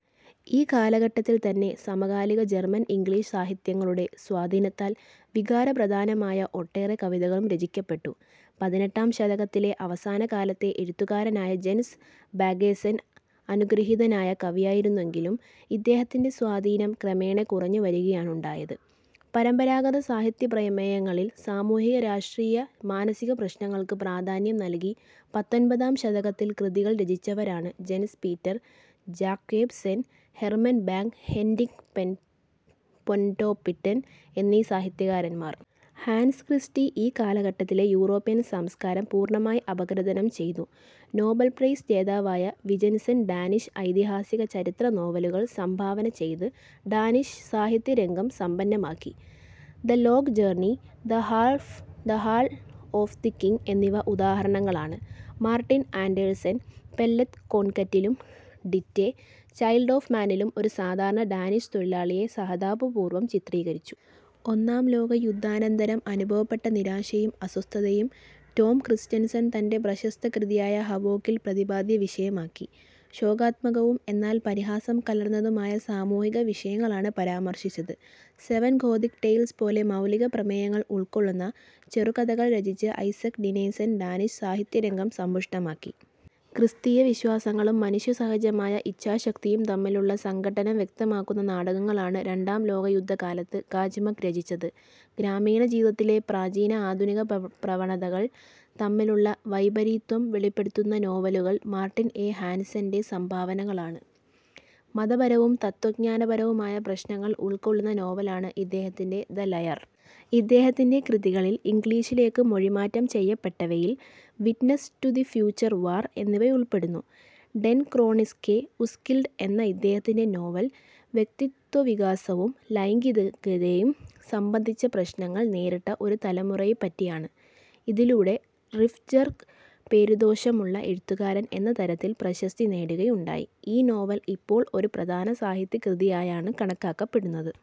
ഈ കാലഘട്ടത്തിൽ തന്നെ സമകാലിക ജർമൻ ഇംഗ്ലീഷ് സാഹിത്യങ്ങളുടെ സ്വാധീനത്താൽ വികാരപ്രധാനമായ ഒട്ടേറെ കവിതകളും രചിക്കപ്പെട്ടു. പതിനെട്ടാം ശതകത്തിലെ അവസാനകാലത്തെ എഴുത്തുകാരനായ ജെൻസ് ബാഗ്ഗേസെൻ അനുഗൃഹീതനായ കവിയായിരുന്നെങ്കിലും ഇദ്ദേഹത്തിന്റെ സ്വാധീനം ക്രമേണ കുറഞ്ഞു വരുകയാണുണ്ടായത്. പരമ്പരാഗത സാഹിത്യ പ്രമേയങ്ങളിൽ സാമൂഹിക-രാഷ്ട്രീയ- മാനസിക പ്രശ്നങ്ങൾക്ക് പ്രാധാന്യം നൽകി പത്തൊൻപതാം ശതകത്തിൽ കൃതികൾ രചിച്ചവരാണ് Jens Peter, Jacobsen, Herman Bang, Henrik Pontoppidan എന്നീ സാഹിത്യകാരന്മാർ. ഹാൻസ്ക്രിസ്റ്റി ഈ കാലഘട്ടത്തിലെ യൂറോപ്യൻ സംസ്കാരം പൂർണമായി അപഗ്രഥനം ചെയ്തു. നോബൽ പ്രൈസ് ജേതാവായ വിജെൻസെൻ, ഡാനിഷ് ഐതിഹാസിക ചരിത്ര നോവലുകൾ സംഭാവന ചെയ്ത് ഡാനിഷ് സാഹിത്യ രംഗം സമ്പന്നമാക്കി. The long journey, the fall of the king എന്നിവ ഉദാഹരണങ്ങളാണ്. മാർട്ടിൻ ആൻഡേഴ്സൺ, പെല്ലെ ദ് കോൺകറ്റിലും ഡിറ്റേ, ചൈൽഡ് ഒഫ് മാനിലും ഒരു സാധാരണ ഡാനിഷ് തൊഴിലാളിയെ സഹതാപപൂർവം ചിത്രീകരിച്ചു. ഒന്നാം ലോകയുദ്ധാനന്തരം അനുഭവപ്പെട്ട നിരാശയും അസ്വസ്ഥതയും റ്റോം ക്രസ്റ്റൺസൺ തന്റെ പ്രശസ്ത കൃതിയായ ഹാവോക് ൽ പ്രതിപാദ്യ വിഷയമാക്കി. ശോകാത്മകവും എന്നാൽ പരിഹാസം കലർന്നതുമായ സാമൂഹിക വിഷയങ്ങളാണ് പരാമർശിച്ചത്. സെവൻ ഗോഥിക് ടെയിൽസ് പോലെ മൗലിക പ്രമേയങ്ങൾ ഉൾക്കൊള്ളുന്ന ചെറുകഥകൾ രചിച്ച് ഐസക് ഡിനേസെൻ ഡാനിഷ് സാഹിത്യരംഗം സമ്പുഷ്ടമാക്കി. ക്രിസ്തീയ വിശ്വാസങ്ങളും മനുഷ്യസഹജമായ ഇച്ഛാശക്തിയും തമ്മിലുള്ള സംഘട്ടനം വ്യക്തമാക്കുന്ന നാടകങ്ങളാണ് രണ്ടാം ലോകയുദ്ധകാലത്ത് കാജ് മങ്ക് രചിച്ചത്. ഗ്രാമീണ ജീവിതത്തിലെ പ്രാചീന-ആധുനിക പ്രവണതകൾ തമ്മിലുള്ള വൈപരീത്യം വെളിപ്പെടുത്തുന്ന നോവലുകൾ മാർട്ടിൻ എ. ഹാൻസെന്റെ സംഭാവനകളാണ്. മതപരവും തത്ത്വജ്ഞാനപരവുമായ പ്രശ്നങ്ങൾ ഉൾക്കൊള്ളുന്ന നോവലാണ് ഇദ്ദേഹത്തിന്റെ ദ ലയർ. ഇദ്ദേഹത്തിന്റെ കൃതികളിൽ ഇംഗ്ലീഷിലേയ്ക്ക് മൊഴിമാറ്റം ചെയ്യപ്പെട്ടവയിൽ witness to the future, war എന്നിവയുൾപ്പെടുന്നു. "ഡെൻ ക്രോണിസ്കേ ഉസ്കിൽഡ്" എന്ന ഇദ്ദേഹത്തിന്റെ നോവൽ വ്യക്തിത്വവികാസവും ലൈംഗികതയും സംബന്ധിച്ച പ്രശ്നങ്ങൾ നേരിട്ട ഒരു തലമുറയെപ്പറ്റിയാണ്. ഇതിലൂടെ റിഫ്ബ്ജെർഗ് 'പേരുദോഷമുള്ള' എഴുത്തുകാരൻ എന്ന തരത്തിൽ പ്രശസ്തി നേടുകയുണ്ടായി. ഈ നോവൽ ഇപ്പോൾ ഒരു പ്രധാന സാഹിത്യകൃതിയായാണ് കണക്കാക്കപ്പെടുന്നത്.